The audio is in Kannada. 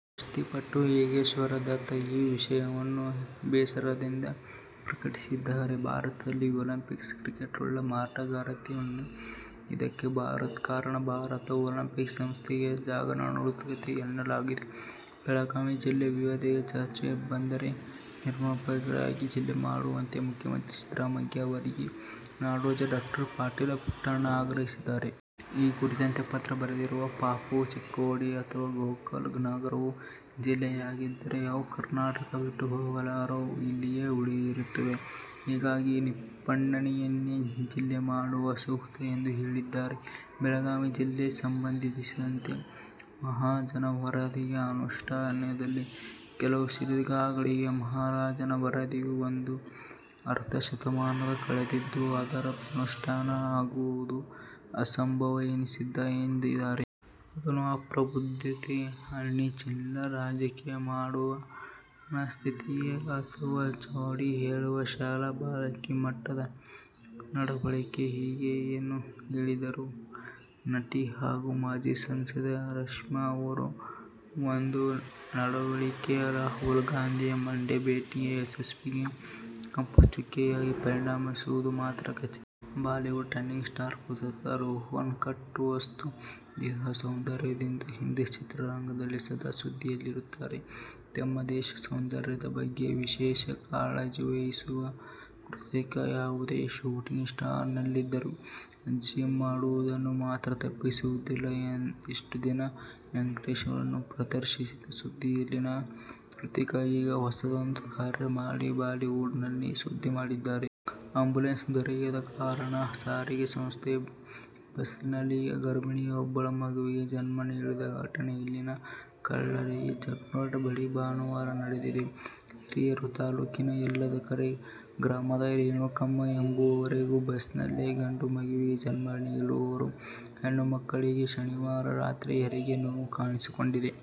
ಕುಸ್ತಿಪಟು ಯೋಗೇಶ್ವರ್ ದತ್ ಈ ವಿಷಯವನ್ನು ಬೇಸರದಿಂದ ಪ್ರಕಟಿಸಿದ್ದಾರೆ. ಭಾರತದಲ್ಲಿ ಒಲಿಂಪಿಕ್ಸ್ ಟಿಕೆಟ್ಗಳು ಮಾರಾಟವಾಗಿಲ್ಲ. ಇದಕ್ಕೆ ಕಾರಣ ಭಾರತ ಒಲಿಂಪಿಕ್ಸ್ ಸಂಸ್ಥೆಯ ಅಜಾಗರೂಕತೆ ಎನ್ನಲಾಗಿದೆ. ಬೆಳಗಾವಿ ಜಿಲ್ಲೆ ವಿಭಜಿಸುವ ಚರ್ಚೆ ಬಂದರೆ ನಿಪ್ಪಾಣಿಯನ್ನೇ ಜಿಲ್ಲೆ ಮಾಡುವಂತೆ ಮುಖ್ಯಮಂತ್ರಿ ಸಿದ್ದರಾಮಯ್ಯ ಅವರಿಗೆ ನಾಡೋಜ ಡಾ. ಪಾಟೀಲ ಪುಟ್ಟಪ್ಪ ಆಗ್ರಹಿಸಿದ್ದಾರೆ. ಈ ಕುರಿತಂತೆ ಪತ್ರ ಬರೆದಿರುವ ಪಾಪು, ಚಿಕ್ಕೋಡಿ ಅಥವಾ ಗೋಕಾಕ ನಗರವು ಜಿಲ್ಲೆಯಾಗದಿದ್ದರೆ ಅವು ಕರ್ನಾಟಕ ಬಿಟ್ಟು ಹೋಗಲಾರವು, ಇಲ್ಲಿಯೇ ಉಳಿಯುತ್ತವೆ. ಹೀಗಾಗಿ ನಿಪ್ಪಾಣಿಯನ್ನೇ ಜಿಲ್ಲೆ ಮಾಡೋದು ಸೂಕ್ತ ಎಂದು ಹೇಳಿದ್ದಾರೆ. ಬೆಳಗಾವಿ ಜಿಲ್ಲೆ ಸಂಬಂಧಿಸಿದಂತೆ ಮಹಾಜನ ವರದಿಯ ಅನುಷ್ಠಾನದಲ್ಲಿ ಕೆಲವು ಶಿಫಾರಸುಗಳಿವೆ. ಮಹಾಜನ ವರದಿಯು ಬಂದು ಅರ್ಧ ಶತಮಾನ ಕಳೆದಿದ್ದು, ಅದರ ಅನುಷ್ಠಾನ ಆಗುವುದು ಅಸಂಭವ ಎನಿಸಿದೆ ಎಂದಿದ್ದಾರೆ. ಅದನ್ನು ಅಪ್ರಬುದ್ದತೆ ಅನ್ನಿ, ಚಿಲ್ಲರೆ ರಾಜಕೀಯ ಮಾಡುವ ಮನಸ್ಥಿತಿಯೆನ್ನಿ ಅಥವಾ ಚಾಡಿ ಹೇಳುವ ಶಾಲಾ ಬಾಲಕಿ ಮಟ್ಟದ ನಡವಳಿಕೆಹೀಗೆ ಏನು ಹೇಳಿದರೂ ನಟಿ ಹಾಗೂ ಮಾಜಿ ಸಂಸದೆ ರಮ್ಯಾ ಅವರ ಒಂದು ನಡವಳಿಕೆ ರಾಹುಲ್ ಗಾಂಧಿ ಮಂಡ್ಯ ಭೇಟಿಯ ಯಶಸ್ಸಿಗೆ ಕಪ್ಪು ಚುಕ್ಕೆಯಾಗಿ ಪರಿಣಮಿಸಿರುವುದು ಮಾತ್ರ ಖಚಿತ. Bollywood dancing star Hrithik Roshan ಕಟ್ಟುಮಸ್ತು ದೇಹ ಸೌಂದರ್ಯದಿಂದ ಹಿಂದಿ ಚಿತ್ರರಂಗದಲ್ಲಿ ಸದಾ ಸುದ್ದಿಯಲ್ಲಿರುತ್ತಾರೆ. ತಮ್ಮ ದೇಹ ಸೌಂದರ್ಯದ ಬಗ್ಗೆ ವಿಶೇಷ ಕಾಳಜಿವಹಿಸುವ ಹೃತಿಕ್, ಯಾವುದೇ ಶೂಟಿಂಗ್ ಸ್ಟಾಟ್ ನಲ್ಲಿದ್ದರೂ ಜಿಮ್ ಮಾಡುವುದನ್ನು ಮಾತ್ರ ತಪ್ಪಿಸುವುದಿಲ್ಲ. ಇಷ್ಟು ದಿನ ಮೈಕಟ್ಟನ್ನು ಪ್ರದರ್ಶಿಸಿ ಸುದ್ದಿಯಲ್ಲಿದ್ದ ಹೃತಿಕ್ ಈಗ ಹೊಸದೊಂದು ಕಾರ್ಯ ಮಾಡಿ ಬಾಲಿವುಡ್ ನಲ್ಲಿ ಸುದ್ದು ಮಾಡಿದ್ದಾರೆ. ಆ್ಯಂಬುಲೆನ್ಸ್ ದೊರೆಯದ ಕಾರಣ ಸಾರಿಗೆ ಸಂಸ್ಥೆ ಬಸ್ನಲ್ಲಿಯೇ ಗರ್ಭಿಣಿಯೊಬ್ಬಳು ಮಗುವಿಗೆ ಜನ್ಮ ನೀಡಿದ ಘಟನೆ ಇಲ್ಲಿನ ಚಳ್ಳಕೆರೆ ಟೋಲ್ಗೇಟ್ ಬಳಿ ಭಾನುವಾರ ನಡೆದಿದೆ. ಹಿರಿಯೂರು ತಾಲೂಕಿನ ಯಲ್ಲದಕೆರೆ ಗ್ರಾಮದ ರೇಣುಕಮ್ಮ ಎಂಬುವವರು ಬಸ್ನಲ್ಲೇ ಗಂಡು ಮಗುವಿಗೆ ಜನ್ಮ ನೀಡಿದವರು. ರೇಣುಕಮ್ಮಳಿಗೆ ಶನಿವಾರ ರಾತ್ರಿ ಹೆರಿಗೆ ನೋವು ಕಾಣಿಸಿಕೊಂಡಿದೆ.